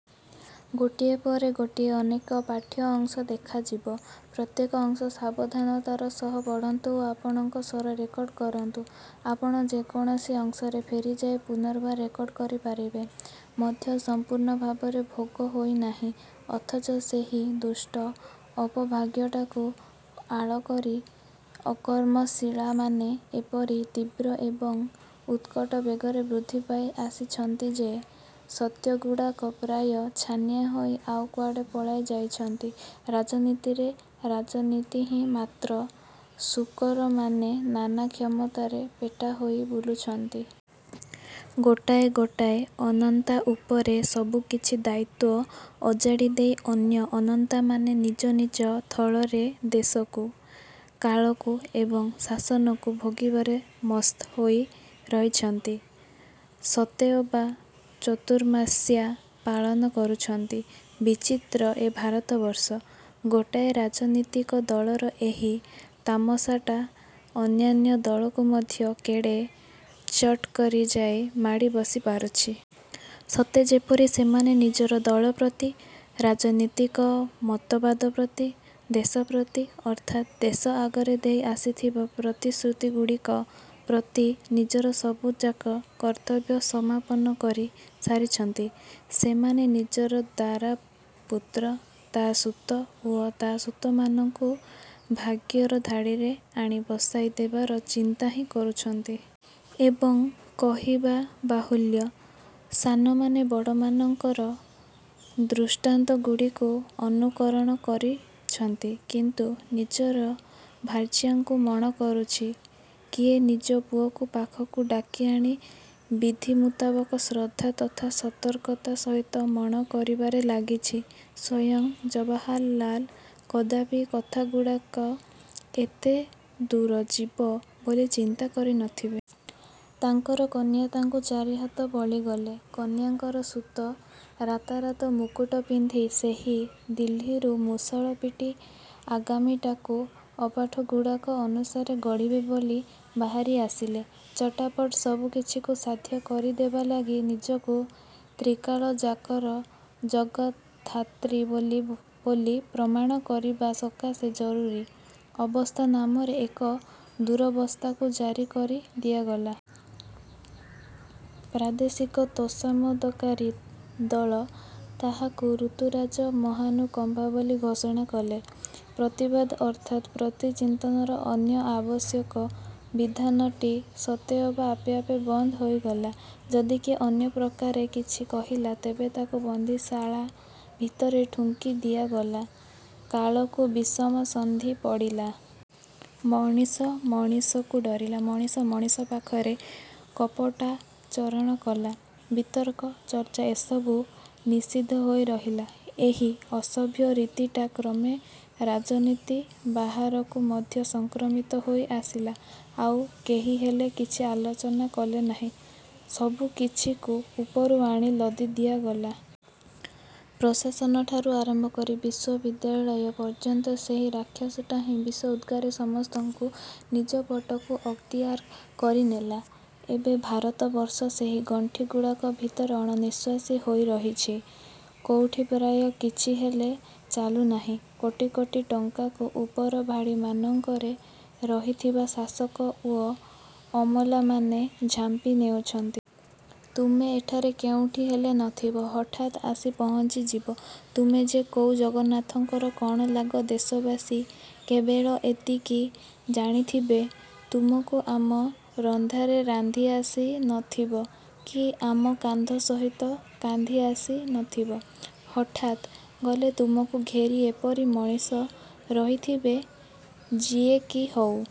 ମଧ୍ୟ ସମ୍ପୂର୍ଣ୍ଣ ଭାବରେ ଭୋଗ ହୋଇନାହିଁ। ଅଥଚ ସେହି ଦୁଷ୍ଟ ଅପଭାଗ୍ୟଟାକୁ ଆଳ କରି ଅକର୍ମଶିଳାମାନେ ଏପରି ତୀବ୍ର ଏବଂ ଉତ୍କଟ ବେଗରେ ବୃଦ୍ଧି ପାଇ ଆସିଛନ୍ତି ଯେ, ସତ୍ୟଗୁଡ଼ାକ ପ୍ରାୟ ଛାନିଆ ହୋଇ ଆଉ କୁଆଡ଼େ ପଳାଇ ଯାଇଛନ୍ତି। ରାଜନୀତିରେ ରାଜନୀତି ନାହିଁ, ମାତ୍ର ଶୂକରମାନେ ନାନା କ୍ଷମତାରେ ପେଟା ହୋଇ ବୁଲୁଛନ୍ତି। ଗୋଟାଏ ଗୋଟାଏ ଅନନ୍ତା ଉପରେ ସବୁକିଛି ଦାୟିତ୍ୱ ଅଜାଡ଼ି ଦେଇ ଅନ୍ୟ ଅନନ୍ତାମାନେ ନିଜ ନିଜ ଥଳରେ ଦେଶକୁ, କାଳକୁ ଏବଂ ଶାସନକୁ ଭୋଗିବାରେ ମସ୍ତ ହୋଇ ରହିଛନ୍ତି। ସତେଅବା ଚତୁର୍ମାସ୍ୟା ପାଳନ କରୁଛନ୍ତି। ବିଚିତ୍ର ଏ ଭାରତବର୍ଷ, ଗୋଟାଏ ରାଜନୀତିକ ଦଳର ଏହି ତାମସାଟା ଅନ୍ୟାନ୍ୟ ଦଳକୁ ମଧ୍ୟ କେଡ଼େ ଚଟ୍ କରି ଯାଇ ମାଡ଼ି ବସି ପାରୁଛି। ସତେ ଯେପରି ସେମାନେ ନିଜର ଦଳ ପ୍ରତି, ରାଜନୀତିକ ମତବାଦ ପ୍ରତି, ଦେଶ ପ୍ରତି ଅର୍ଥାତ୍ ଦେଶ ଆଗରେ ଦେଇ ଆସିଥିବା ପ୍ରତିଶ୍ରୁତିଗୁଡ଼ିକ ପ୍ରତି ନିଜର ସବୁଯାକ କର୍ତ୍ତବ୍ୟ ସମାପନ କରି ସାରିଛନ୍ତି; ସେମାନେ ନିଜର ଦାରା, ପୁତ୍ର, ତା' ସୁତ ଓ ତା' ସୁତମାନଙ୍କୁ ଭାଗ୍ୟର ଧାଡ଼ିରେ ଆଣି ବସାଇ ଦେବାର ଚିନ୍ତା ହିଁ କରୁଛନ୍ତି। ଏବଂ, କହିବା ବାହୁଲ୍ୟ, ସାନମାନେ ବଡ଼ମାନଙ୍କର ଦୃଷ୍ଟାନ୍ତଗୁଡ଼ିକୁ ଅନୁକରଣ କରିଛନ୍ତି। କିଏ ନିଜର ଭାର୍ଯ୍ୟାଙ୍କୁ ମଣ କରୁଛି, କିଏ ନିଜ ପୁଅକୁ ପାଖକୁ ଡାକିଆଣି ବିଧି ମୁତାବକ ଶ୍ରଦ୍ଧା ତଥା ସତର୍କତା ସହିତ ମଣ କରିବାରେ ଲାଗିଛି। ସ୍ୱୟଂ ଜବାହରଲାଲ କଦାପି କଥାଗୁଡ଼ାକ ଏତେଦୂର ଯିବ ବୋଲି ଚିନ୍ତା କରି ନଥିବେ। ତାଙ୍କର କନ୍ୟା ତାଙ୍କୁ ଚାରିହାତ ବଳିଗଲେ। କନ୍ୟାଙ୍କର ସୁତ ରାତାରାତ ମୁକୁଟ ପିନ୍ଧି ସେହି ଦିଲ୍ଲୀରୁ ମୁଷଳ ପିଟି ଆଗାମୀଟାକୁ ଅପାଠଗୁଡ଼ାକ ଅନୁସାରେ ଗଢ଼ିବେ ବୋଲି ବାହାରି ଆସିଲେ। ଚଟାପଟ୍ ସବୁକିଛିକୁ ସାଧ୍ୟ କରିଦେବା ଲାଗି ନିଜକୁ ତ୍ରିକାଳଯାକର ଜଗଦ୍ଧାତ୍ରୀ ବୋଲି ବୋଲି ପ୍ରମାଣ କରିବା ସକାଶେ ଜରୁରୀ ଅବସ୍ଥା ନାମରେ ଏକ ଦୁରବସ୍ଥାକୁ ଜାରି କରି ଦିଆଗଲା। ପ୍ରାଦେଶିକ ତୋଷାମଦକାରୀ ଦଳ ତାହାକୁ ଋତୁରାଜର ମହାନୁକମ୍ପା ବୋଲି ଘୋଷଣା କଲେ। ପ୍ରତିବାଦ ଅର୍ଥାତ୍ ପ୍ରତିଚିନ୍ତନର ଅନ୍ୟ ଆବଶ୍ୟକ ଵିଧାନଟି ସତେଅବା ଆପେ ଆପେ ବନ୍ଦ ହୋଇଗଲା। ଯଦି କିଏ ଅନ୍ୟ ପ୍ରକରେ କିଛି କହିଲା, ତେବେ ତାକୁ ବନ୍ଦୀଶାଳା ଭିତରେ ଠୁଙ୍କି ଦିଆଗଲା। କାଳକୁ ବିଷମ ସନ୍ଧି ପଡ଼ିଲା। ମଣିଷ ମଣିଷକୁ ଡ଼ରିଲା, ମଣିଷ ମଣିଷ ପାଖରେ କପଟାଚରଣ କଲା। ବିତର୍କ, ଚର୍ଚ୍ଚା ଏସବୁ ନିଷିଦ୍ଧ ହୋଇ ରହିଲା। ଏହି ଅସଭ୍ୟ ରୀତିଟା କ୍ରମେ ରାଜନୀତି ବାହାରକୁ ମଧ୍ୟ ସଂକ୍ରମିତ ହୋଇ ଆସିଲା। ଆଉ କେହିହେଲେ କିଛି ଆଲୋଚନା କଲେନାହିଁ। ସବୁକିଛିକୁ ଉପରୁ ଆଣି ଲଦି ଦିଆଗଲା। ପ୍ରଶାସନଠାରୁ ଆରମ୍ଭ କରି ବିଶ୍ୱବିଦ୍ୟାଳୟ ପଯ୍ୟନ୍ତ ସେହି ରାକ୍ଷସଟା ହିଁ ବିଷ ଉଦ୍ଗାରି ସମସ୍ତଙ୍କୁ ନିଜ ପଟକୁ ଅକ୍ତିଆର କରିନେଲା। ଏବେ ଭାରତବର୍ଷ ସେହି ଗଣ୍ଠିଗୁଡ଼ାକ ଭିତରେ ଅଣନିଃଶ୍ୱାସୀ ହୋଇ ରହିଛି। କୋଉଠି ପ୍ରାୟ କିଛିହେଲେ ଚାଲୁନାହିଁ। କୋଟି କୋଟି ଟଙ୍କାକୁ ଉପର ଭାଡ଼ିମାନଙ୍କରେ ରହିଥିବା ଶାସକ ଓ ଅମଲାମାନେ ଝାମ୍ପି ନେଉଛନ୍ତି। ତୁମେ ଏଠାରେ କେଉଁଠି ହେଲେ ନଥିବ, ହଠାତ୍ ଆସି ପହଞ୍ଚିଯିବ। ତୁମେ ଯେ କୋଉ ଜଗନ୍ନାଥଙ୍କର କ'ଣ ଲାଗ, ଦେଶବାସୀ କେବେଳ ଏତିକି ଜାଣିଥିବେ। ତୁମକୁ ଆମ ରନ୍ଧାରେ ରାନ୍ଧି ଆସି ନଥିବ କି ଆମ କାନ୍ଦ ସହିତ କାନ୍ଦି ଆସି ନଥିବ, ହଠାତ୍ ଗଲେ ତୁମକୁ ଘେରି ଏପରି ମଣିଷ ରହିଥିବେ, ଯିଏକି ହାଉ